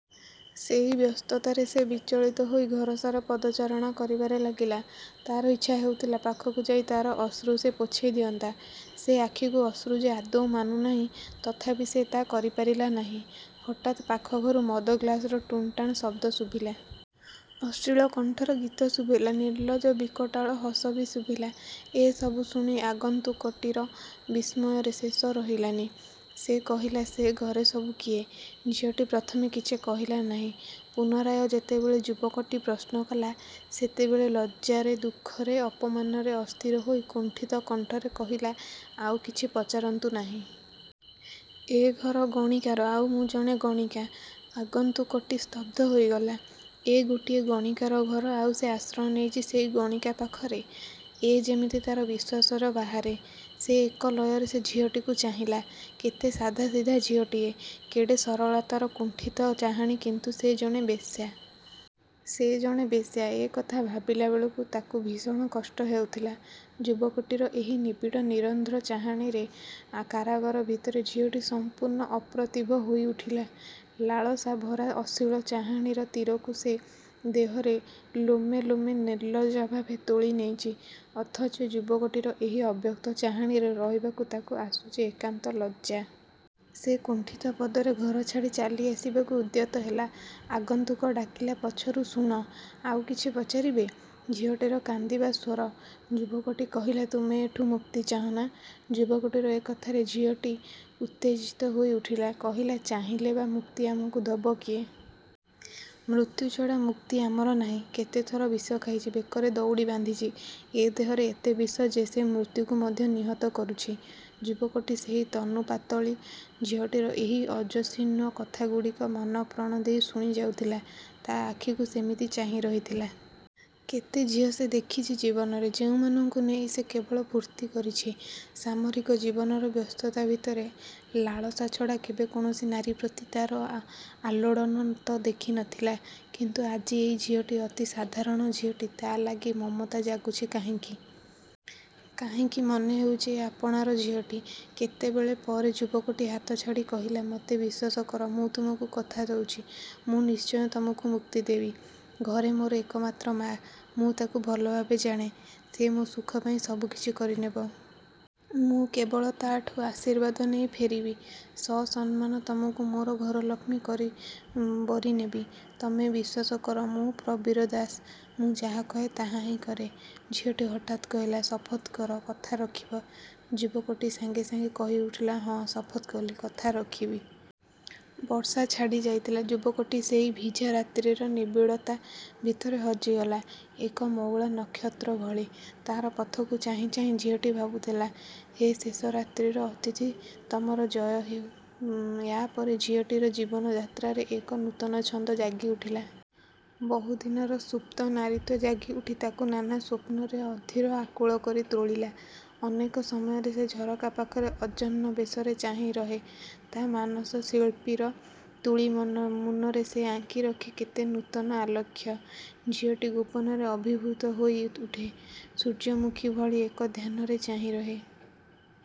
ସେଇ ବ୍ୟସ୍ତତାରେ ସେ ବିଚଳିତ ହୋଇ ଘରସାରା ପଦଚାରଣା କରିବାରେ ଲାଗିଲା। ତାର ଇଚ୍ଛା ହେଉଥିଲା ପାଖକୁ ଯାଇ ତାର ଅଶ୍ରୁ ସେ ପୋଛି ଦିଅନ୍ତା। ସେ ଆଖିକୁ ଅଶ୍ରୁ ଯେ ଆଦୌ ମାନୁ ନାହିଁ ତଥାପି ସେ ତା କରିପାରିଲା ନାହିଁ। ହଠାତ୍ ପାଖ ଘରୁ ମଦ ଗ୍ଲାସର ଟୁଣଟାଣ ଶବ୍ଦ ଶୁଭିଲା। ଅଶ୍ଳୀଳ କଣ୍ଠର ଗୀତ ଶୁଭିଲା, ନିଲଜ୍ଜ ବିକଟାଳ ହସ ବି ଶୁଭିଲା ଏ ସବୁ ଶୁଣି ଆଗନ୍ତୁକଟିର ବିସ୍ମୟର ଶେଷ ରହିଲାନି। ସେ କହିଲା, ସେ ଘରେ ସବୁ କିଏ? ଝିଅଟି ପ୍ରଥମେ କିଛି କହିଲା ନାହିଁ, ପୁନରାୟ ଯେତେବେଳେ ଯୁବକଟି ପ୍ରଶ୍ନ କଲା ସେତେବେଳେ ଲଜ୍ଜାରେ, ଦୁଃଖରେ, ଅପମାନରେ ଅସ୍ଥିର ହୋଇ କୁଣ୍ଠିତ କଣ୍ଠରେ କହିଲା, ଆଉ କିଛି ପଚାରନ୍ତୁ ନାହିଁ। ଏ ଘର ଗଣିକାର ଆଉ ମୁଁ ଜଣେ ଗଣିକା। ଆଗନ୍ତୁକଟି ସ୍ତବ୍ଧ ହୋଇଗଲା। ଏ ଗୋଟାଏ ଗଣିକାର ଘର ଆଉ ସେ ଆଶ୍ରୟ ନେଇଚି ସେଇ ଗଣିକା ପାଖରେ? ଏ ଯେମିତି ତାର ବିଶ୍ୱାସରେ ବାହାରେ। ସେ ଏକ ଲୟରେ ସେ ଝିଅଟିକୁ ଚାହିଁଲା କେତେ ସାଧାସିଧା ଝିଅଟିଏ, କେଡ଼େ ସରଳତାର କୁଣ୍ଠିତ ଚାହାଣି କିନ୍ତୁ ସେ ଜଣେ ବେଶ୍ୟା। ସେ ଜଣେ ବେଶ୍ୟା, ଏ କଥା ଭାବିଲା ବେଳକୁ ତାକୁ ଭୀଷଣ କଷ୍ଟ ହେଉଥିଲା। ଯୁବକଟିର ଏହି ନିବିଡ଼ ନିରନ୍ଧ୍ର ଚାହାଣିର କାରଗାର ଭିତରେ ଝିଅଟି ସମ୍ପୂର୍ଣ୍ଣ ଅପ୍ରତିଭ ହୋଇ ଉଠିଲା। ଲାଳସାଭରା ଅଶ୍ଳୀଳ ଚାହାଣିର ତୀରକୁ ସେ ଦେହର ଲୋମେ ଲୋମେ ନିର୍ଲଜ୍ଜଭାବେ ତୋଳି ନେଇଚି ଅଥଚ ଯୁବକଟିର ଏହି ଅବ୍ୟକ୍ତ ଚାହାଣିରେ ରହିବାକୁ ତାକୁ ଆସୁଚି ଏକାନ୍ତ ଲଜ୍ଜା। ସେ କୁଣ୍ଠିତ ପଦରେ ଘରଛାଡ଼ି ଚାଲିଆସିବାକୁ ଉଦ୍ୟତ ହେଲା। ଆଗନ୍ତୁକ ଡାକିଲା ପଛରୁ ଶୁଣ, ଆଉ କିଛି ପଚାରିବେ? ଝିଅଟିର କାନ୍ଦିବା ସ୍ୱର। ଯୁବକଟି କହିଲା ତମେ ଏଠୁ ମୁକ୍ତି ଚାହଁ ନା? ଯୁବକଟିର ଏ କଥାରେ ଝିଅଟି ଉତ୍ତେଜିତ ହୋଇ ଉଠିଲା କହିଲା, ଚାହିଁଲେ ବା ମୁକ୍ତି ଆମକୁ ଦବ କିଏ? ମୃତ୍ୟୁଛଡ଼ା ମୁକ୍ତି ଆମର ନାହିଁ, କେତେ ଥର ବିଷ ଖାଇଚି, ବେକରେ ଦଉଡ଼ି ବାନ୍ଧିଛି। ଏ ଦେହରେ ଏତେ ବିଷ ଯେ ସେ ମୃତ୍ୟୁକୁ ମଧ୍ୟ ନିହତ କରୁଛି। ଯୁବକଟି ସେହି ତନୁପାତଳୀ ଝିଅଟିର ଏହି ଓଜସ୍ୱିନୀ କଥାଗୁଡ଼ିକ ମାନପ୍ରାଣ ଦେଇ ଶୁଣି ଯାଉଥିଲା। ତା ଆଖିକୁ ସେମିତି ଚାହିଁ ରହିଥିଲା। କେତେ ଝିଅ ସେ ଦେଖିଚି ଜୀବନରେ, ଯେଉଁମାନଙ୍କୁ ନେଇ ସେ କେବଳ ଫୁର୍ତ୍ତି କରିଛି। ସାମାରିକ ଜୀବନର ବ୍ୟସ୍ତତା ଭିତରେ, ଲାଳସା ଛଡ଼ା କେବେ କୌଣସି ନାରୀ ପ୍ରତି ତା ର ଆଲୋଡ଼ନ ତ ଦେଖି ନଥିଲା କିନ୍ତୁ ଆଜି ଏଇ ଝିଅଟି, ଅତି ସାଧାରଣ ଝିଅଟି ତା ଲାଗି ମମତା ଜାଗୁଛି କାହିଁକି? କାହିଁକି ମନେ ହେଉଛି ଏ ଆପଣାର ଝିଅଟି। କେତେବେଳ ପରେ ଯୁବକଟି ହାତଛାଡ଼ି କହିଲା, ମତେ ବିଶ୍ୱାସ କର ମୁଁ ତମକୁ କଥା ଦଉଚି, ମୁଁ ନିଶ୍ଚୟ ତମକୁ ମୁକ୍ତି ଦେବି। ଘରେ ମୋର ଏକମାତ୍ର ମାଆ। ମୁଁ ତାକୁ ଭଲଭାବେ ଜାଣେ। ସେ ମୋ ସୁଖ ପାଇଁ ସବୁ କିଛି କରିନେବ। ମୁଁ କେବଳ ତାଠୁ ଆଶୀର୍ବାଦ ନେଇ ଫେରିବି। ସସମ୍ମାନ ତମକୁ ମୋର ଘରଲକ୍ଷ୍ମୀ କରି ବରି ନେବି। ତମେ ବିଶ୍ୱାସ କର, ମୁଁ ପ୍ରବୀର ଦାସ। ମୁଁ ଯାହା କହେ, ତାହା ହିଁ କରେ। ଝିଅଟି ହଠାତ୍ କହିଲା, ଶପଥ କର କଥା ରଖିବ। ଯୁବକଟି ସାଙ୍ଗେ ସାଙ୍ଗେ କହି ଉଠିଲା ହଁ ଶପଥ କଲି, କଥା ରଖିବି। ବର୍ଷା ଛାଡ଼ି ଯାଇଥିଲା। ଯୁବକଟି ସେଇ ଭିଜା ରାତ୍ରିର ନିବିଡ଼ତା ଭିତରେ ହଜିଗଲା ଏକ ମଉଳା ନକ୍ଷତ୍ର ଭଳି। ତାର ପଥକୁ ଚାହିଁ ଚାହିଁ ଝିଅଟି ଭାବୁଥିଲା, ହେ ଶେଷ ରାତ୍ରିର ଅତିଥି ତମର ଜୟ ହେଉ। ୟାପରେ ଝିଅଟିର ଜୀବନଯାତ୍ରାରେ ଏକ ନୂତନ ଛନ୍ଦ ଜାଗି ଉଠିଲା। ବହୁ ଦିନର ସୁପ୍ତ ନାରୀତ୍ଵ ଜାଗି ଉଠି ତାକୁ ନାନା ସ୍ୱପ୍ନରେ, ଅଧୀର, ଆକୁଳ କରି ତୋଳିଲା। ଅନେକ ସମୟରେ ସେ ଝରକା ପାଖରେ, ଅଯନ୍ ବେଶରେ ଚାହିଁ ରହେ ତା ମାନସ ଶିଳ୍ପୀର ତୂଳିମୁନରେ, ସେ ଆଙ୍କି ରଖେ କେତେ ନୂତନ ଆଲେଖ୍ୟ। ଝିଅଟି ଗୋପନରେ ଅଭିଭୂତ ହୋଇ ଉଠେ, ସୂର୍ଯ୍ୟମୁଖୀ ଭଳି ଏକ ଧ୍ୟାନରେ ଚାହିଁ ରହେ।